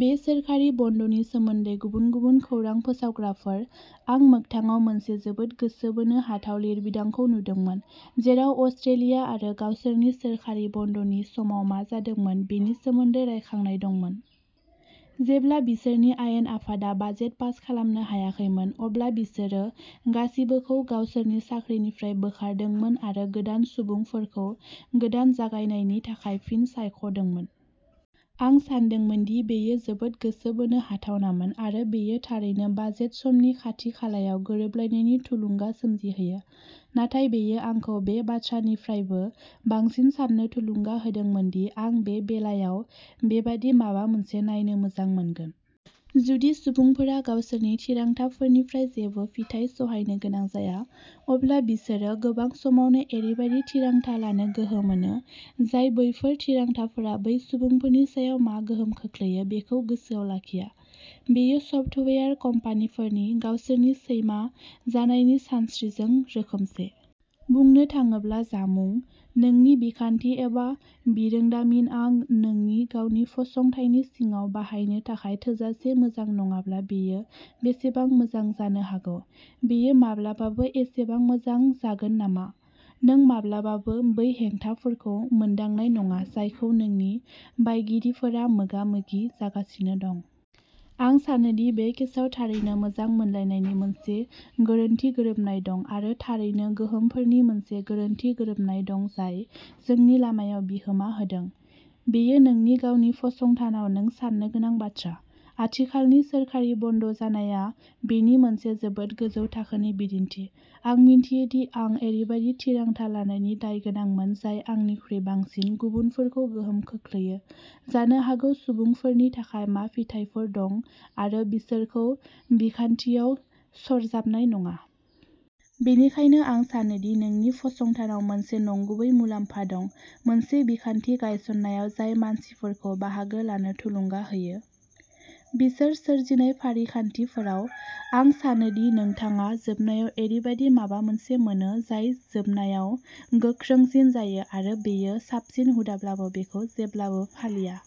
बे सोरखारि बन्द'नि सोमोन्दै गुबुन गुबुन खौरां फोसावग्राफोर। आं मोगथाङाव मोनसे जोबोद गोसो बोनो हाथाव लिरबिदांखौ नुदोंमोन, जेराव अस्ट्रेलिया आरो गावसोरनि सोरखारि बन्द'नि समाव मा जादोंमोन बेनि सोमोन्दै रायखांनाय दंमोन। जेब्ला बिसोरनि आयेन आफादा बाजेट पास खालामनो हायाखैमोन, अब्ला बिसोरो गासिबोखौ गावसोरनि साख्रिनिफ्राय बोखारदोंमोन आरो गोदान सुबुंफोरखौ गोदान जागायनायनि थाखाय फिन सायख'दोंमोन। आं सानदोंमोन दि बेयो जोबोद गोसो बोनो हाथावनामोन आरो बेयो थारैनो बाजेट समनि खाथि खालायाव गोरोबलायनायनि थुलुंगा सोमजिहोयो। नाथाय बेयो आंखौ बे बाथ्रानिफ्रायबो बांसिन साननो थुलुंगा होदोंमोन दि आं बे बेलायाव बेबादि माबा मोनसे नायनो मोजां मोनगोन। जुदि सुबुंफोरा गावसोरनि थिरांथाफोरनिफ्राय जेबो फिथाय सहायनो गोनां जाया, अब्ला बिसोरो गोबां समावनो ओरैबायदि थिरांथा लानो गोहो मोनो। जाय बैफोर थिरांथाफोरा बै सुबुंफोरनि सायाव मा गोहोम खोख्लैयो बेखौ गोसोआव लाखिया। बेयो सफ्टवेयार कम्पानिफोरनि गावसोरनि सैमा जानायनि सानस्रिजों रोखोमसे। बुंनो थाङोब्ला जामुं। नोंनि बिखान्थि एबा बिरोंदामिनआ नोंनि गावनि फसंथायनि सिङाव बाहायनो थाखाय थोजासे मोजां नङाब्ला, बेयो बेसेबां मोजां जानो हागौ? बेयो माब्लाबाबो एसेबां मोजां जागोन नामा? नों माब्लाबाबो बै हेंथाफोरखौ मोनदांनाय नङा। जायखौ नोंनि बायगिरिफोरा मोगा मोगि जागासिनो दं। आं सानो दि बे केसाव थारैनो मोजां मोनलायनायनि मोनसे गोरोन्थि गोरोबनाय दं आरो थारैनो गोहोमफोरनि मोनसे गोरोन्थि गोरोबनाय दं, जाय जोंनि लामायाव बिहोमा होदों। बेयो नोंनि गावनि फसंथानाव नों साननो गोनां बाथ्रा। आथिखालनि सोरखारि बन्द' जानाया बेनि मोनसे जोबोद गोजौ थाखोनि बिदिन्थि। आं मिथियो दि आं ओरैबायदि थिरांथा लानायनि दायगोनांमोन, जाय आंनिख्रुइ बांसिन गुबुनफोरखौ गोहोम खोख्लैयो। जानो हागौ सुबुंफोरनि थाखाय मा फिथायफोर दं आरो बिसोरखौ बिखान्थियाव सरजाबनाय नङा। बेनिखायनो आं सानो दि नोंनि फसंथानाव मोनसे नंगुबै मुलाम्फा दं मोनसे बिखान्थि गायसन्नायाव, जाय मानसिफोरखौ बाहागो लानो थुलुंगा होयो। बिसोर सोरजिनाय फारिखान्थिफोराव आं सानो दि नोंथाङा जोबनायाव ओरैबायदि माबा मोनसे मोनो, जाय जोबनायाव गोख्रोंसिन जायो आरो बेयो साबसिन हुदाब्लाबो बेखौ जेब्लाबो फालिया।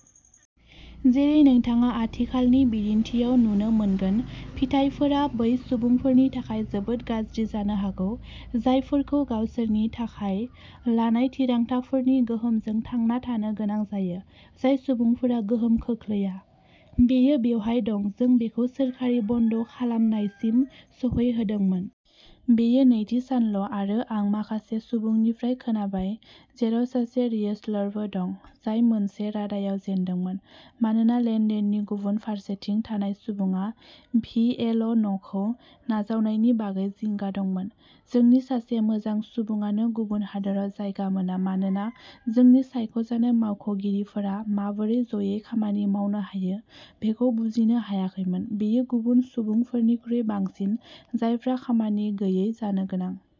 जेरै नोंथाङा आथिखालनि बिदिन्थिआव नुनो मोनगोन फिथायफोरा बै सुबुंफोरनि थाखाय जोबोद गाज्रि जानो हागौ। जायफोरखौ गावसोरनि थाखाय लानाय थिरांथाफोरनि गोहोमजों थांना थानो गोनां जायो। जाय सुबुंफोरा गोहोम खोख्लैया। बेयो बेवहाय दं, जों बेखौ सोरखारि बन्द' खालामनायसिम सौहैहोदोंमोन। बेयो नैथि सानल' आरो आं माखासे सुबुंनिफ्राय खोनाबाय, जेराव सासे रियेस्टरबो दं। जाय मोनसे रादायाव जेनदोंमोन। मानोना लेन देननि गुबुन फारसेथिं थानाय सुबुङा भि एल' नखौ नाजावनायनि बागै जिंगा दंमोन। जोंनि सासे मोजां सुबुङानो गुबुन हादोराव जायगा मोना। मानोना जोंनि सायख'जानाय मावख'गिरिफोरा माबोरै ज'यै खामानि मावनो हायो बेखौ बुजिनो हायाखैमोन। बेयो गुबुन सुबुंफोरनिख्रुइ बांसिन जायफ्रा खामानि गैयै जानो गोनां